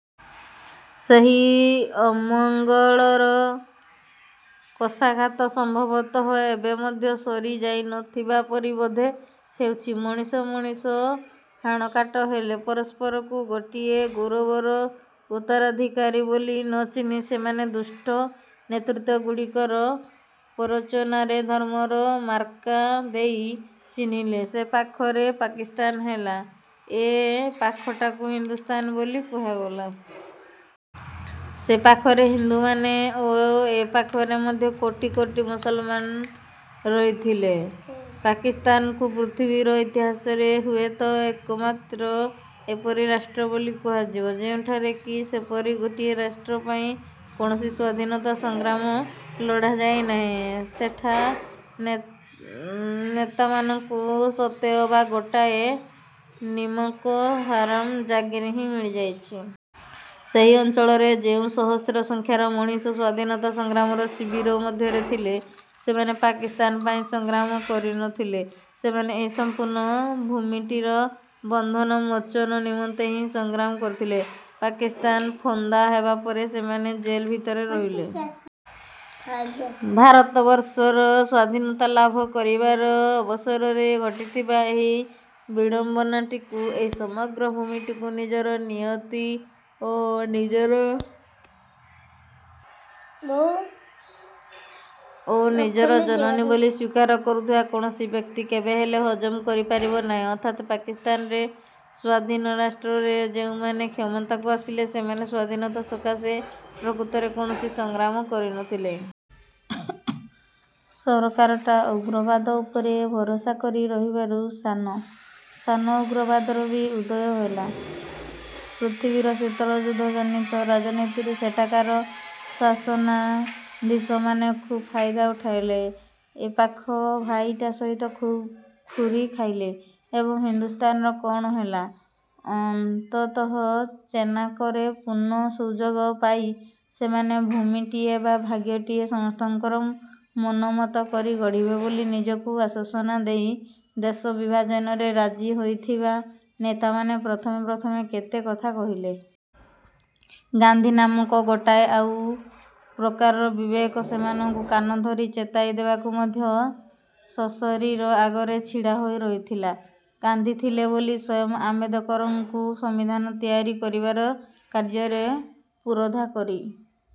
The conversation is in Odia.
ସେହି ଅମଙ୍ଗଳର କଷାଘାତ ସମ୍ଭବତଃ ଏବେ ମଧ୍ୟ ସରି ଯାଇନଥିବା ପରି ବୋଧେ ହେଉଛି। ମଣିଷ ମଣିଷ ହାଣକାଟ ହେଲେ। ପରସ୍ପରକୁ ଗୋଟିଏ ଗୌରବର ଉତ୍ତରାଧିକାରୀ ବୋଲି ନ ଚିହ୍ନି ସେମାନେ ଦୁଷ୍ଟ ନେତୃତ୍ଵ ଗୁଡ଼ିକର ପ୍ରରୋଚନାରେ ଧର୍ମର ମାର୍କା ଦେଇ ଚିହ୍ନିଲେ। ସେ ପାଖରେ ପାକିସ୍ତାନ ହେଲା, ଏ ପାଖଟାକୁ ହିନ୍ଦୁସ୍ତାନ ବୋଲି କୁହାଗଲା। ସେ ପାଖରେ ହିନ୍ଦୁମାନେ ଓ ଏପାଖରେ ମଧ୍ୟ କୋଟି କୋଟି ମୁସଲମାନ ରହିଥିଲେ। ପାକିସ୍ତାନକୁ ପୃଥିବୀର ଇତିହାସରେ ହୁଏତ ଏକମାତ୍ର ଏପରି ରାଷ୍ଟ୍ର ବୋଲି କୁହାଯିବ ଯେଉଁଠାରେ କି ସେପରି ଗୋଟିଏ ରାଷ୍ଟ୍ର ପାଇଁ କୌଣସି ସ୍ୱାଧୀନତା ସଂଗ୍ରାମ ଲଢ଼ାଯାଇ ନାହିଁ। ସେଠା ନେତାମାନଙ୍କୁ ସତେଅବା ଗୋଟାଏ ନିମକହାରାମ ଜାଗିରି ହିଁ ମିଳିଯାଇଛି। ସେହି ଅଞ୍ଚଳରେ ଯେଉଁ ସହସ୍ର ସଂଖ୍ୟାର ମଣିଷ ସ୍ଵାଧୀନତା ସଂଗ୍ରାମର ଶିବିର ମଧ୍ୟରେ ଥିଲେ ସେମାନେ ପାକିସ୍ତାନ ପାଇଁ ସଂଗ୍ରାମ କରିନଥିଲେ, ସେମାନେ ଏହି ସମ୍ପୂର୍ଣ୍ଣ ଭୂମିଟିର ବନ୍ଧନମୋଚନ ନିମନ୍ତେ ହିଁ ସଂଗ୍ରାମ କରିଥିଲେ। ପାକିସ୍ତାନ ଫନ୍ଦା ହେବା ପରେ ସେମାନେ ଜେଲ ଭିତରେ ରହିଲେ। ଭାରତବର୍ଷର ସ୍ଵାଧୀନତା ଲାଭ କରିବାର ଅବସରରେ ଘଟିଥିବା ଏହି ବିଡ଼ମ୍ବନାଟିକୁ ଏହି ସମଗ୍ର ଭୂମିଟିକୁ ନିଜର ନିୟତି ଓ ନିଜର ଜନନୀ ବୋଲି ସ୍ୱୀକାର କରୁଥିବା କୌଣସି ବ୍ୟକ୍ତି କେବେହେଲେ ହଜମ କରିପାରିବ ନାହିଁ। ଅର୍ଥାତ୍ ପାକିସ୍ତାନରେ ସ୍ଵାଧୀନ ରାଷ୍ଟ୍ରରେ ଯେଉଁମାନେ କ୍ଷମତାକୁ ଆସିଲେ, ସେମାନେ ସ୍ୱାଧୀନତା ସକାଶେ ପ୍ରକୃତରେ କୌଣସି ସଂଗ୍ରାମ କରିନଥିଲେ। ସରକାରଟା ଉଗ୍ରବାଦ ଉପରେ ଭରସା କରି ରହିବାରୁ ସାନ। ସାନ ଉଗ୍ରବାଦର ବି ଉଦୟ ହେଲା। ପୃଥିବୀର ଶୀତଳ ଯୁଦ୍ଧଜନିତ ରାଜନୀତିରୁ ସେଠାକାର ଶାସନାଧୀଶମାନେ ଖୁବ୍ ଫାଇଦା ଉଠାଇଲେ। ଏପାଖ ଭାଇଟା ସହିତ ଖୁବ ଖୁରି ଖାଇଲେ। ଏବଂ ହିନ୍ଦୁସ୍ତାନର କଣ ହେଲା? ଅନ୍ତତଃ ଚେନାକରେ ପୂର୍ଣ୍ଣ ସୁଯୋଗ ପାଇ ସେମାନେ ଭୁମିଟିଏ ବା ଭାଗ୍ୟଟିଏ ସମସ୍ତଙ୍କର ମନୋମତ କରି ଗଢ଼ିବେ ବୋଲି ନିଜକୁ ଆଶ୍ୱାସନା ଦେଇ ଦେଶ ବିଭାଜନରେ ରାଜି ହୋଇଥିବା ନେତାମାନେ ପ୍ରଥମେ ପ୍ରଥମେ କେତେ କଥା କହିଲେ। ଗାନ୍ଧୀ ନାମକ ଗୋଟାଏ ଆଉ ପ୍ରକାରର ବିବେକ ସେମାନଙ୍କୁ କାନ ଧରି ଚେତାଇ ଦେବାକୁ ମଧ୍ୟ ସଶରୀର ଆଗରେ ଛିଡ଼ା ହୋଇ ରହିଥିଲା। ଗାନ୍ଧୀ ଥିଲେ ବୋଲି ସ୍ୱୟଂ ଆମ୍ବେଦକରଙ୍କୁ ସମ୍ବିଧାନ ତିଆରି କରିବାର କାର୍ଯ୍ୟରେ ପୁରୋଧା କରି